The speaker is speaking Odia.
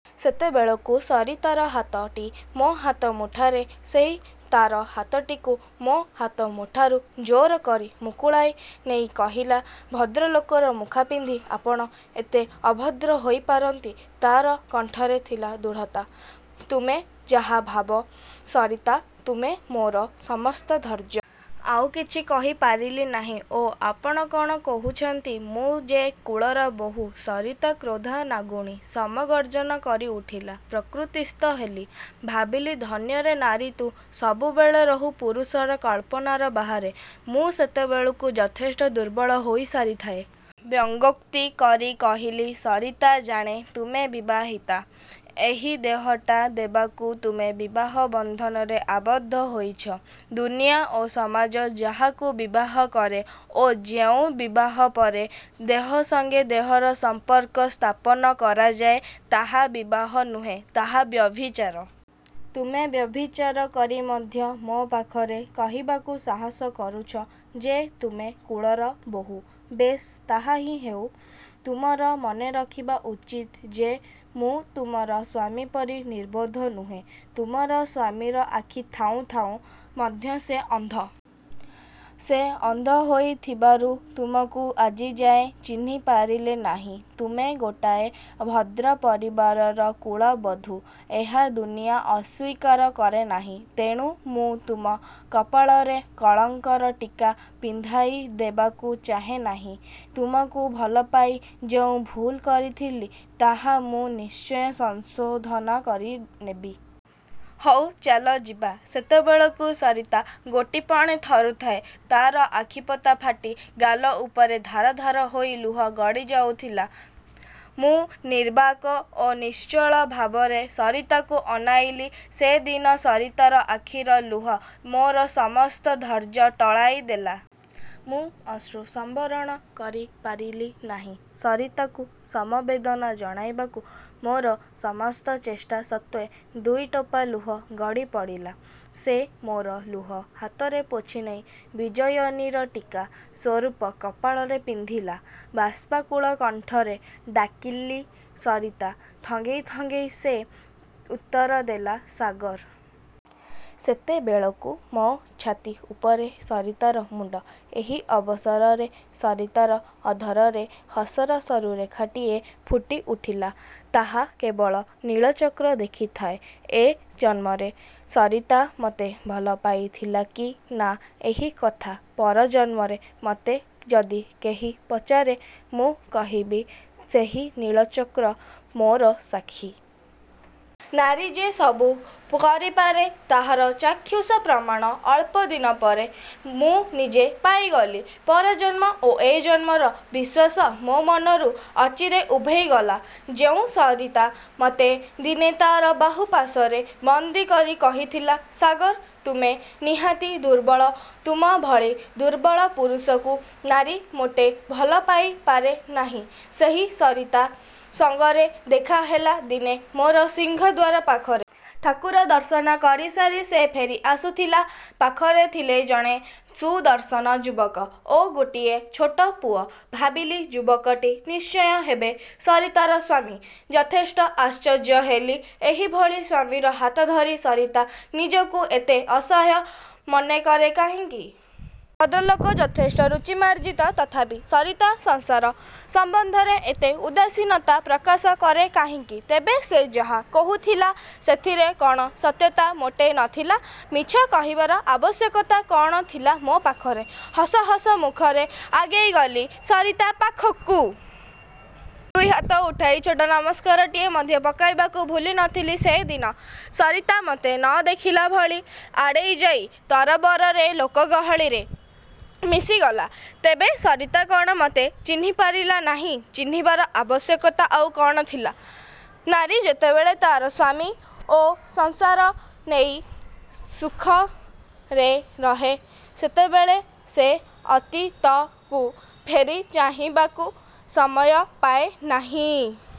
ସେତେବେଳକୁ ସରିତାର ହାତଟି ମୋ ହାତମୁଠାରେ। ସେ ତା'ର ହାତଟିକୁ ମୋ ହାତମୁଠାରୁ ଜୋରକରି ମୁକୁଳାଇ ନେଇ କହିଲା, 'ଭଦ୍ରଲୋକର ମୁଖାପିନ୍ଧି ଆପଣ ଏତେ ଅଭଦ୍ର ହୋଇପାରନ୍ତି? ' ତା'ର କଣ୍ଠରେ ଥିଲା ଦୃଢ଼ତା। ''ତୁମେ ଯାହା ଭାବ ସରିତା, ତୁମେ ମୋର ସମସ୍ତ ଧୈର୍ଯ୍ୟ। '' ଆଉକିଛି କହିପାରିଲି ନାହିଁ। ''ଓଃ, ଆପଣ କ'ଣ କହୁଛନ୍ତି? ମୁଁ ଯେ କୁଳର ବହୂ। '' ସରିତା କ୍ରୋଦ୍ଧା ନାଗୁଣୀ ସମ ଗର୍ଜନ କରିଉଠିଲା। ପ୍ରକୃତିସ୍ଥ ହେଲି। ଭାବିଲି ଧନ୍ୟରେ ନାରୀ! ତୁ ସବୁବେଳେ ରହୁ ପୁରୁଷର କଳ୍ପନାର ବାହାରେ। ମୁଁ ସେତେବେଳକୁ ଯଥେଷ୍ଟ ଦୁର୍ବଳ ହୋଇସାରିଥାଏ। ବ୍ୟଙ୍ଗୋକ୍ତି କରି କହିଲି, ''ସରିତା! ଜାଣେ ତୁମେ ବିବାହିତା। ଏହି ଦେହଟା ଦେବାକୁ ତୁମେ ବିବାହ ବନ୍ଧନରେ ଆବଦ୍ଧ ହୋଇଛ। ଦୁନିଆ ଓ ସମାଜ ଯାହାକୁ ବିବାହ କରେ ଓ ଯେଉଁ ବିବାହ ପରେ ଦେହ ସଙ୍ଗେ ଦେହର ସମ୍ପର୍କ ସ୍ଥାପନ କରାଯାଏ, ତାହା ବିବାହ ନୁହେଁ, ତାହା ବ୍ୟଭିଚାର। ତୁମେ ବ୍ୟଭିଚାର କରି ମଧ୍ୟ ମୋ ପାଖରେ କହିବାକୁ ସାହସ କରୁଛ ଯେ ତୁମେ କୁଳର ବୋହୂ। ବେଶ୍ ତାହାହିଁ ହେଉ। ତୁମର ମନେରଖିବା ଉଚିତ ଯେ ମୁଁ ତୁମର ସ୍ୱାମୀ ପରି ନିର୍ବୋଧ ନୁହେଁ। ତୁମର ସ୍ୱାମୀର ଆଖି ଥାଉଁ ଥାଉଁ ମଧ୍ୟ ସେ ଅନ୍ଧ। ସେ ଅନ୍ଧହୋଇଥିବାରୁ ତୁମକୁ ଆଜି ଯାଏ ଚିହ୍ନିପାରିଲେ ନାହିଁ। ତୁମେ ଗୋଟାଏ ଭଦ୍ର ପରିବାରର କୁଳ ବଧୂ। ଏହା ଦୁନିଆ ଅସ୍ୱୀକାର କରେ ନାହିଁ। ତେଣୁ ମୁଁ ତୁମ କପାଳରେ କଳଙ୍କର ଟୀକା ପିନ୍ଧାଇ ଦେବାକୁ ଚାହେଁ ନାହିଁ। ତୁମକୁ ଭଲପାଇ ଯେଉଁ ଭୁଲକରିଥିଲି, ତାହା ମୁଁ ନିଶ୍ଚୟ ସଂଶୋଧନ କରିନେବି। ହଉ ଚାଲ ଯିବା। '' ସେତେବେଳକୁ ସରିତା ଗୋଟିପଣେ ଥରୁଥାଏ। ତା'ର ଆଖିପତା ଫାଟି ଗାଲ ଉପରେ ଧାର ଧାର ହୋଇ ଲୁହ ଗଡ଼ିଯାଉଥିଲା। ମୁଁ ନିର୍ବାକ ଓ ନିଶ୍ଚଳ ଭାବରେ ସରିତାକୁ ଅନାଇଲି। ସେଦିନ ସରିତାର ଆଖିର ଲୁହ ମୋର ସମସ୍ତ ଧୈର୍ଯ୍ୟ ଟଳାଇ ଦେଲା। ମୁଁ ଅଶ୍ରୁ ସମ୍ବରଣ କରିପାରିଲି ନାହିଁ। ସରିତାକୁ ସମବେଦନା ଜଣାଇବାକୁ ମୋର ସମସ୍ତ ଚେଷ୍ଟା ସତ୍ତ୍ଵେ ଦୁଇଟୋପା ଲୁହ ଗଡ଼ିପଡ଼ିଲା। ସେ ମୋର ଲୁହ ହାତରେ ପୋଛିନେଇ। ବିଜୟନୀର ଟୀକା ସ୍ୱରୂପ କପାଳରେ ପିନ୍ଧିଲା-। ବାଷ୍ପାକୁଳ କଣ୍ଠରେ ଡାକିଲି, ''ସରିତା! '' ଥଙ୍ଗେଇ ଥଙ୍ଗେଇ ସେ ଉତ୍ତରଦେଲା, ''ସାଗର! '' ସେତେବେଳକୁ ମୋ ଛାତି ଉପରେ ସରିତାର ମୁଣ୍ଡ। ଏହି ଅବସରରେ ସରିତାର ଅଧରରେ ହସର ସରୁ ରେଖାଟିଏ ଫୁଟିଉଠିଲା। ତାହା କେବଳ ନୀଳଚକ୍ର ଦେଖିଥାଏ। ଏ ଜନ୍ମରେ ସରିତା ମୋତେ ଭଲପାଇଥିଲା କି ନା ଏହି କଥା ପରଜନ୍ମରେ ମୋତେ ଯଦି କେହି ପଚାରେ, ମୁଁ କହିବି ସେହି ନୀଳଚକ୍ର ମୋର ସାକ୍ଷୀ। ନାରୀ ଯେ ସବୁ କରିପାରେ ତାହାର ଚାକ୍ଷୁସ ପ୍ରମାଣ ଅଳ୍ପଦିନ ପରେ ମୁଁ ନିଜେ ପାଇଗଲି। ପରଜନ୍ମ ଓ ଏ ଜନ୍ମର ବିଶ୍ୱାସ ମୋ ମନରୁ ଅଚିରେ ଉଭେଇଗଲା। ଯେଉଁ ସରିତା ମୋତେ ଦିନେ ତା'ର ବାହୁପାଶରେ ବନ୍ଦୀକରି କହିଥିଲା, ''ସାଗର! ତୁମେ ନିହାତି ଦୁର୍ବଳ, ତୁମ ଭଳି ଦୁର୍ବଳ ପୁରୁଷକୁ ନାରୀ ମୋଟେ ଭଲ ପାଇପାରେ ନାହିଁ'', ସେହି ସରିତା ସଙ୍ଗରେ ଦେଖାହେଲା ଦିନେ ମୋର ସିଂହଦ୍ଵାର ପାଖରେ। ଠାକୁର ଦର୍ଶନ କରିସାରି ସେ ଫେରି ଆସୁଥିଲା। ପାଖରେ ଥିଲେ ଜଣେ ସୁଦର୍ଶନ ଯୁବକ ଓ ଗୋଟିଏ ଛୋଟ ପୁଅ। ଭାବିଲି ଯୁବକଟି ନିଶ୍ଚୟ ହେବେ ସରିତାର ସ୍ୱାମୀ। ଯଥେଷ୍ଟ ଆଶ୍ଚର୍ଯ୍ୟ ହେଲି। ଏହିଭଳି ସ୍ୱାମୀର ହାତଧରି ସରିତା ନିଜକୁ ଏତେ ଅସହାୟ ମନେକରେ କାହିଁକି? ଭଦ୍ରଲୋକ ଯଥେଷ୍ଟ ରୁଚିମାର୍ଜିତ। ତଥାପି ସରିତା ସଂସାର ସମ୍ବନ୍ଧରେ ଏତେ ଉଦାସୀନତା ପ୍ରକାଶ କରେ କାହିଁକି? ତେବେ ସେ ଯାହା କହୁଥିଲା, ସେଥିରେ କ'ଣ ସତ୍ୟତା ମୋଟେ ନ ଥିଲା? ମିଛ କହିବାର ଆବଶ୍ୟକତା କ'ଣ ଥିଲା ମୋ ପାଖରେ? ହସ ହସ ମୁଖରେ ଆଗେଇଗଲି ସରିତା ପାଖକୁ। ଦୁଇ ହାତ ଉଠାଇ ଛୋଟ ନମସ୍କାରଟିଏ ମଧ୍ୟ ପକାଇବାକୁ ଭୁଲି ନଥିଲି ସେଦିନ। ସରିତା ମୋତେ ନ ଦେଖିଲାଭଳି ଆଡ଼େଇଯାଇ ତରବରରେ ଲୋକ ଗହଳିରେ ମିଶିଗଲା। ତେବେ ସରିତା କ'ଣ ମୋତେ ଚିହ୍ନିପାରିଲା ନାହିଁ? ଚିହ୍ନିବାର ଆବଶ୍ୟକତା ଆଉ କ'ଣ ଥିଲା? ନାରୀ ଯେତେବେଳେ ତା'ର ସ୍ୱାମୀ ଓ ସଂସାର ନେଇ ସୁଖରେ ରହେ ସେତେବେଳେ ସେ ଅତୀତକୁ ଫେରି ଚାହିଁବାକୁ ସମୟ ପାଏ ନାହିଁ-।